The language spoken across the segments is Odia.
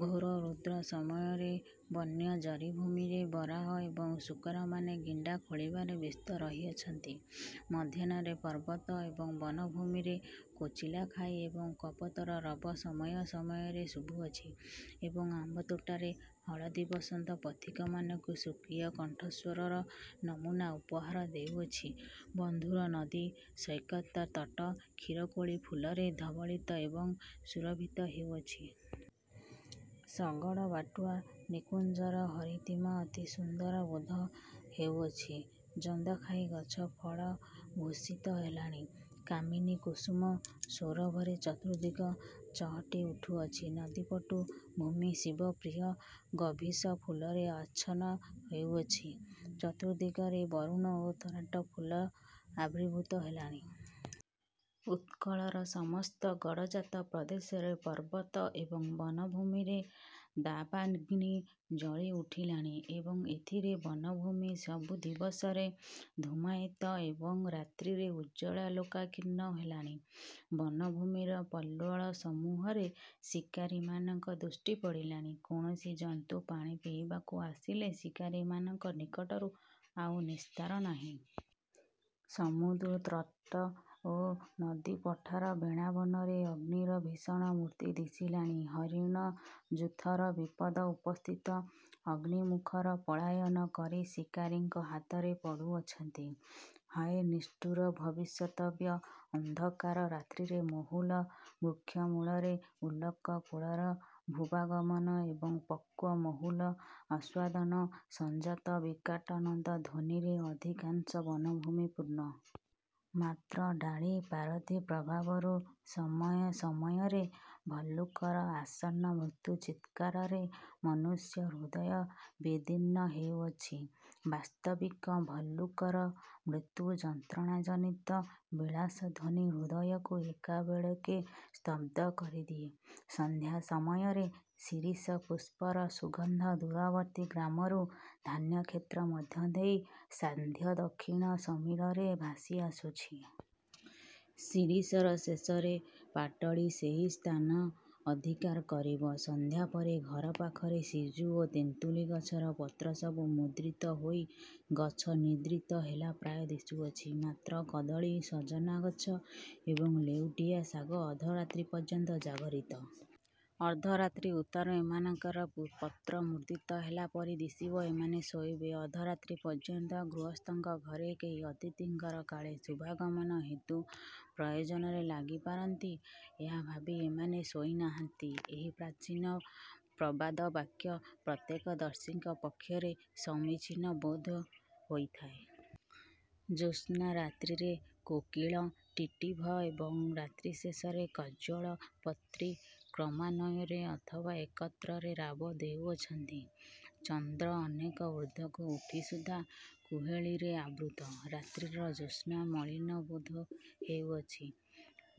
ଘୋର ରୌଦ୍ର ସମୟରେ ବନ୍ୟ ଜରିଭୂମିରେ ବରାହ ଏବଂ ଶୂକରମାନେ ଗେଣ୍ଡା ଖୋଳିବାରେ ବ୍ୟସ୍ତ ରହିଅଛନ୍ତି। ମଧ୍ୟାହ୍ନରେ ପର୍ବତ ଏବଂ ବନଭୂମିରେ କୋଚିଲାଖାଇ ଏବଂ କପୋତର ରବ ସମୟ ସମୟରେ ଶୁଭୁଅଛି ଏବଂ ଆମ୍ବତୋଟାରେ ହଳଦିବସନ୍ତ ପଥିକମାନଙ୍କୁସ୍ୱକୀୟ କଣ୍ଠସ୍ୱରର ନମୂନା ଉପହାର ଦେଉଅଛି। ବନ୍ଧୁର ନଦୀ ସୈକତ ତଟ କ୍ଷୀରକୋଳି ଫୁଲରେ ଧବଳିତ ଏବଂ ସୁରଭିତ ହେଉଅଛି। ଶଗଡ଼ବାଟୁଆ ନିକୁଞ୍ଜର ହରିତିମା ଅତି ସୁନ୍ଦର ବୋଧ ହେଉଅଛି। ଜନ୍ଦାଖାଇ ଗଛ ଫଳ-ଭୂଷିତ ହେଲାଣି। କାମିନୀ କୁସୁମ ସୌରଭରେ ଚତୁର୍ଦିଗ ଚହଟି ଉଠୁଅଛି। ନଦୀ ପଟୁ ଭୂମି ଶିବ ପ୍ରିୟ ଗବୀଶ ଫୁଲରେ ଆଚ୍ଛନ୍ନ ହୋଇଅଛି। ଚତୁର୍ଦିଗରେ ବରୁଣ ଓ ତରାଟ ଫୁଲ ଆବିର୍ଭୂତ ହେଲାଣି। ଉତ୍କଳର ସମସ୍ତ ଗଡ଼ଜାତ ପ୍ରଦେଶର ପର୍ବତ ଏବଂ ବନଭୂମିରେ ଦାବାଗ୍ନି ଜଳି ଉଠିଲାଣି ଏବଂ ଏଥିରେ ବନଭୂମି ସବୁ ଦିବସରେ ଧୂମାୟିତ ଏବଂ ରାତ୍ରିରେ ଉଜ୍ଜ୍ୱଳାଲୋକାକୀର୍ଣ୍ଣ ହେଲାଣି। ବନଭୂମିର ପଲ୍ୱଳସମୂହରେ ଶିକାରିମାନଙ୍କ ଦୃଷ୍ଟି ପଡ଼ିଲାଣି। କୌଣସି ଜନ୍ତୁ ପାଣି ପିଇବାକୁ ଆସିଲେ ଶିକାରିମାନଙ୍କ ନିକଟରୁ ଆଉ ନିସ୍ତାର ନାହିଁ। ସମୁଦ୍ରତଟ ଓ ନଦୀ-ପଠାର ବେଣାବନରେ ଅଗ୍ନିର ଭୀଷଣ ମୁର୍ତ୍ତି ଦିଶିଲାଣି। ହରିଣଯୂଥର ବିପଦ ଉପସ୍ଥିତ। ଅଗ୍ନିମୁଖରୁ ପଳାୟନ କରି ଶିକାରିଙ୍କ ହାତରେ ପଡ଼ୁଅଛନ୍ତି। ହାୟ, ନିଷ୍ଠୁର ଭବିତବ୍ୟ! ଅନ୍ଧକାର ରାତ୍ରିରେ ମହୁଲ ବୃକ୍ଷ ମୂଳରେ ଭଲ୍ଲୁକକୁଳର ଶୁଭାଗମନ ଏବଂ ପକ୍ୱ ମହୁଲ ଆସ୍ୱାଦନ-ସଞ୍ଜାତ ବିକଟାନନ୍ଦଧ୍ୱନିରେ ଅଧିକାଂଶ ବନଭୂମି ପୂର୍ଣ୍ଣ। ମାତ୍ର ଡାଳି ପାରଧି ପ୍ରଭାବରୁ ସମୟ ସମୟରେ ଭଲ୍ଲୁକର ଆସନ୍ନ ମୃତ୍ୟୁ ଚିତ୍କାରରେ ମନୁଷ୍ୟହୃଦୟ ବିଦୀର୍ଣ୍ଣ ହେଉଅଛି। ବାସ୍ତବିକ ଭଲ୍ଲୁକର ମୃତ୍ୟୁ-ଯନ୍ତ୍ରଣାଜନିତ ବିଳାପଧ୍ୱନି ହୃଦୟକୁ ଏକାବେଳକେ ସ୍ତବ୍ଧ କରିଦିଏ। ସନ୍ଧ୍ୟା ସମୟରେ ଶିରୀଷ ପୁଷ୍ପର ସୁଗନ୍ଧ ଦୂରବର୍ତ୍ତୀ ଗ୍ରାମରୁ ଧାନ୍ୟକ୍ଷେତ୍ର ମଧ୍ୟ ଦେଇ ସାନ୍ଧ୍ୟଦକ୍ଷିଣ ସମୀରରେ ଭାସି ଆସୁଅଛି। ଶିରୀଷର ଶେଷରେ ପାଟଳୀ ସେହି ସ୍ଥାନ ଅଧିକାର କରିବ। ସନ୍ଧ୍ୟା ପରେ ଘର ପାଖର ସିଜୁ ଓ ତେନ୍ତୁଳି ଗଛର ପତ୍ର ସବୁ ମୁଦ୍ରିତ ହୋଇ ଗଛ ନିଦ୍ରିତ ହେଲା ପ୍ରାୟ ଦିଶୁଅଛି। ମାତ୍ର କଦଳୀ, ସଜନା ଗଛ ଏବଂ ଲେଉଟିଆ ଶାଗ ଅର୍ଦ୍ଧରାତ୍ରି ପର୍ଯ୍ୟନ୍ତ ଜାଗରିତ। ଅର୍ଦ୍ଧରାତ୍ରି ଉତ୍ତାରୁ ଏମାନଙ୍କର ପତ୍ର ମୁଦ୍ରିତ ହେଲା ପରି ଦିଶିବ ଏମାନେ ଶୋଇବେ। ଅର୍ଦ୍ଧରାତ୍ରି ପର୍ଯ୍ୟନ୍ତ ଗୃହସ୍ଥଙ୍କ ଘରେ କେହି ଅତିଥିଙ୍କର କାଳେ ଶୁଭାଗମନ ହେତୁ ପ୍ରୟୋଜନରେ ଲାଗି ପାରନ୍ତି, ଏହା ଭାବି ଏମାନେ ଶୋଇ ନାହାନ୍ତି ଏହି ପ୍ରାଚୀନ ପ୍ରବାଦ ବାକ୍ୟ ପ୍ରତ୍ୟକ୍ଷଦର୍ଶୀଙ୍କ ପକ୍ଷରେ ସମୀଚୀନ ବୋଧ ହୋଇଥାଏ। ଜ୍ୟୋତ୍ସ୍ନା-ରାତ୍ରିରେ କୋକିଳ, ଟିଟ୍ଟିଭ ଏବଂ ରାତ୍ରିଶେଷରେ କଜ୍ଜଳପତ୍ରୀ କ୍ରମାନ୍ୱୟରେ ଅଥବା ଏକତ୍ରରେ ରାବ ଦେଉଅଛନ୍ତି। ଚନ୍ଦ୍ର ଅନେକ ଊର୍ଦ୍ଧ୍ୱକୁ ଉଠି ସୁଦ୍ଧା କୁହେଳୀରେ ଆବୃତ। ରାତ୍ରିର ଜ୍ୟୋତ୍ସ୍ନା ମଳିନ ବୋଧ ହେଉଅଛି।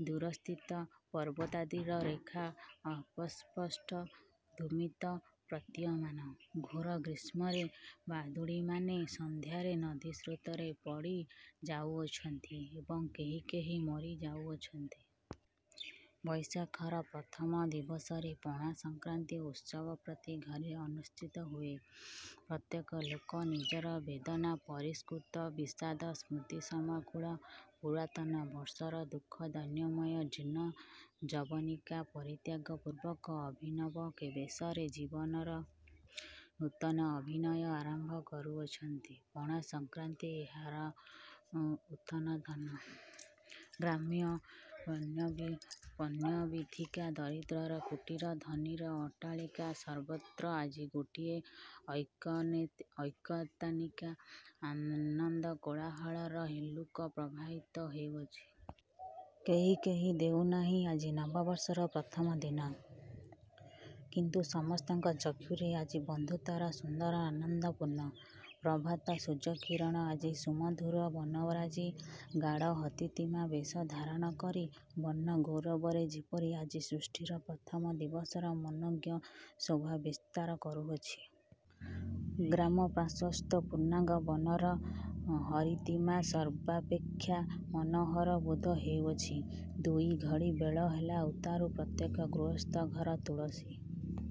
ଦୂରସ୍ଥିତ ପର୍ବତାଦିର ରେଖା ଅସ୍ପଷ୍ଟ ଧୂମିତ ପ୍ରତୀୟମାନ। ଘୋର ଗ୍ରୀଷ୍ମରେ ବାଦୁଡ଼ିମାନେ ସନ୍ଧ୍ୟାରେ ନଦୀସ୍ରୋତରେ ପଡ଼ି ଯାଉଅଛନ୍ତି ଏବଂ କେହି କେହି ମରି ଯାଉଅଛନ୍ତି। ବୈଶାଖର ପ୍ରଥମ ଦିବସରେ ପଣାସଂକ୍ରାନ୍ତି ଉତ୍ସବ ପ୍ରତି ଘରେ ଅନୁଷ୍ଠିତ ହୁଏ। ପ୍ରତ୍ୟେକ ଲୋକ ନିଜର ବେଦନାପରିପ୍ଳୁତ ବିଷାଦସ୍ମୃତିସମାକୁଳ ପୁରାତନ ବର୍ଷର ଦୁଃଖଦୈନ୍ୟମୟ ଜୀର୍ଣ୍ଣ ଯବନିକା ପରିତ୍ୟାଗପୂର୍ବକ ଅଭିନବ ବେଶରେ ଜୀବନର ନୂତନ ଅଭିନୟ ଆରମ୍ଭ କରୁଅଛନ୍ତି। ପଣାସଂକ୍ରାନ୍ତି ଏହାର ଉଦ୍ବୋଧନ। ଗ୍ରାମ୍ୟ ପଣ୍ୟବୀଥିକା, ଦରିଦ୍ରର କୁଟୀର ଧନିର ଅଟ୍ଟାଳିକା ସର୍ବତ୍ର ଆଜି ଗୋଟିଏ ଐକତାନିକ ଆନନ୍ଦକୋଳାହଳର ହିଲ୍ଲୋଳ ପ୍ରବାହିତ ହେଉଅଛି। କେହି କହି ଦେଉ ନାହିଁ, ଆଜି ନବବର୍ଷର ପ୍ରଥମ ଦିନ। କିନ୍ତୁ ସମସ୍ତଙ୍କ ଚକ୍ଷୁରେ ଆଜି ବସୁନ୍ଧରା ସୁନ୍ଦର ଆନନ୍ଦପୂର୍ଣ୍ଣ। ପ୍ରଭାତ ସୂର୍ଯ୍ୟର କିରଣ ଆଜି ସୁମଧୁର ବନରାଜି ଗାଢ଼ ହରିତିମା ବେଶ ଧାରଣ କରି ବର୍ଣ୍ଣଗୌରବରେ ଯେପରି ଆଜି ସୃଷ୍ଟିର ପ୍ରଥମ ଦିବସର ମନୋଜ୍ଞ ଶୋଭା ବିସ୍ତାର କରୁଅଛି। ଗ୍ରାମପାର୍ଶ୍ୱସ୍ଥ ପୁନ୍ନାଗ ବନର ହରିତିମା ସର୍ବାପେକ୍ଷା ମନୋହର ବୋଧ ହେଉଅଛି। ଦୁଇଘଡ଼ି ବେଳ ହେଲା ଉତ୍ତାରୁ ପ୍ରତ୍ୟେକ ଗୃହସ୍ଥ ଘର ତୁଳସୀ |